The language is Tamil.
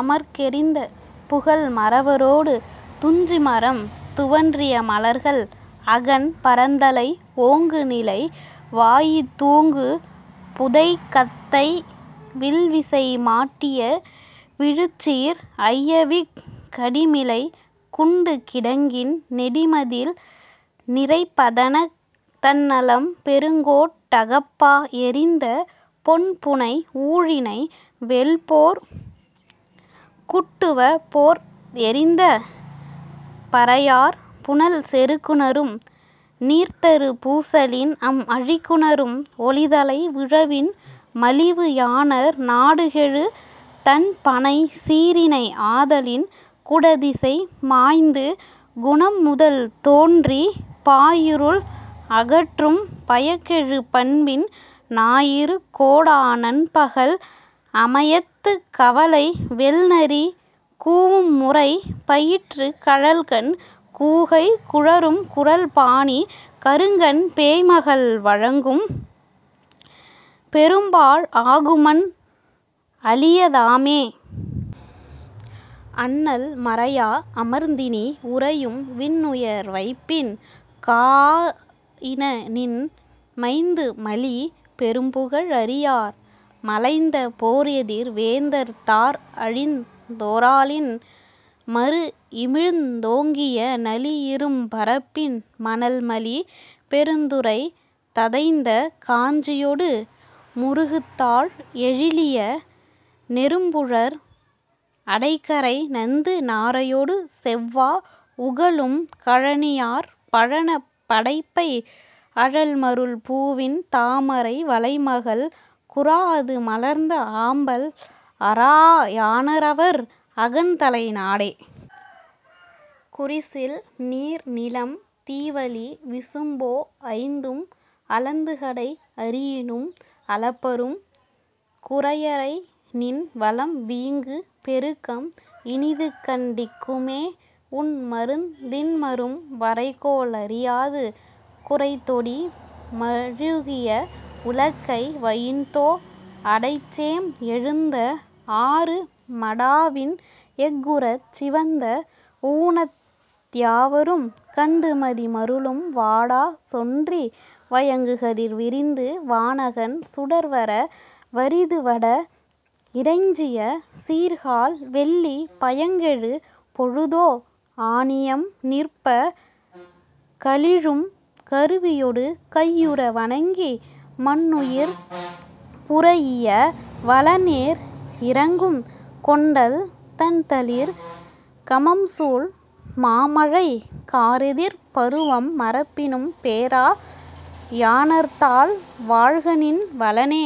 அமர்க்எதிர்ந்த புகல்மறவ ரொடு துஞ்சுமரம் துவன்றிய மலர்அகன் பறந்தலை ஓங்குநிலை வாயிதூங்குபு தகைத்த வில்லிசை மாட்டிய விழுச்சீர் ஐயவிக் கடிமிளைக் குண்டுகிடங்கின் நெடுமதில் நிரைப்பதணத் தண்ணலம் பெருங்கோட் அகப்பா எறிந்த பொன்புனை உழிஞை வெல்போர்க் குட்டுவ போர்த்எறிந்த பறையாற் புனல்செறுக் குநரும் நீர்த்தரு பூசலின் அம்அழிக்கு நரும் ஒலித்தலை விழவின் மலியும் யாணர் நாடுகெழு தண்பனை சீறினை ஆதலின் குடதிசை மாய்ந்து குணம்முதல் தோன்றிப் பாய்இருள் அகற்றும் பயம்கெழு பண்பின் ஞாயிறு கோடா நன்பகல் அமயத்துக் கவலை வெள்நரி கூஉம்முறை பயிற்றிக் கழல்கண் கூகைக் குழறுகுரல் பாணிக் கருங்கண் பேய்மகள் வழங்கும் பெரும்பாழ் ஆகுமன் அளிய தாமே. அண்ணல் மரைஆ அமர்ந்இனி உறையும் விண்உயர் வைப்பின காஆ யினநின் மைந்துமலி பெரும்புகழ் அறியார் மலைந்த போர்எதிர் வேந்தர் தார்அழிந் ஒராலின் மருஇமிழ்ந் ஓங்கிய நளிஇரும் பரப்பின் மணல்மலி பெருந்துறைத் ததைந்த காஞ்சி யொடு முருக்குத்தாழ் எழிலிய நெருப்புறழ் அடைகரை நந்து நாரையொடு செவ்வா உகளும் கழனி வாயிற் பழனப் படப்பை அழல்மருள் பூவின் தாமரை வளைமகள் குறாஅது மலர்ந்த ஆம்பல் அறாஅ யாணர்அவர் அகன்தலை நாடே. குருசில் நீர்நிலம் தீவளி விசும்போ ஐந்தும் அளந்துகடை அறியினும் அளப்பரும் குரையைநின் வளம்வீங்கு பெருக்கம் இனிதுகண் டிகுமே உண்மருந் இன்மரும் வரைகோள் அறியாது குரைத்தொடி மழுகிய உலக்கை வயின்தோ அடைச்சேம் எழுந்த ஆறு மடாவின் எஃஉறச் சிவந்த ஊனத் யாவரும் கண்டுமதி மருளும் வாடாச் சொன்றி வயங்குகதிர் விரிந்து வான்அகம் சுடர்வர வறிதுவடக் இறைஞ்சிய சீர்கால் வெள்ளி பயங்கெழு பொழுதோ ஆநியம் நிற்பக் கலிழும் கருவியொடு கையுற வணங்கி மன்னுயிர் புரைஇய வலன்ஏர் இரங்கும் கொண்டல் தண்தளிக் கமம்சூல் மாமழை கார்எதிர் பருவம் மறப்பினும் பேரா யாணர்த்தால் வாழ்கநின் வளனே.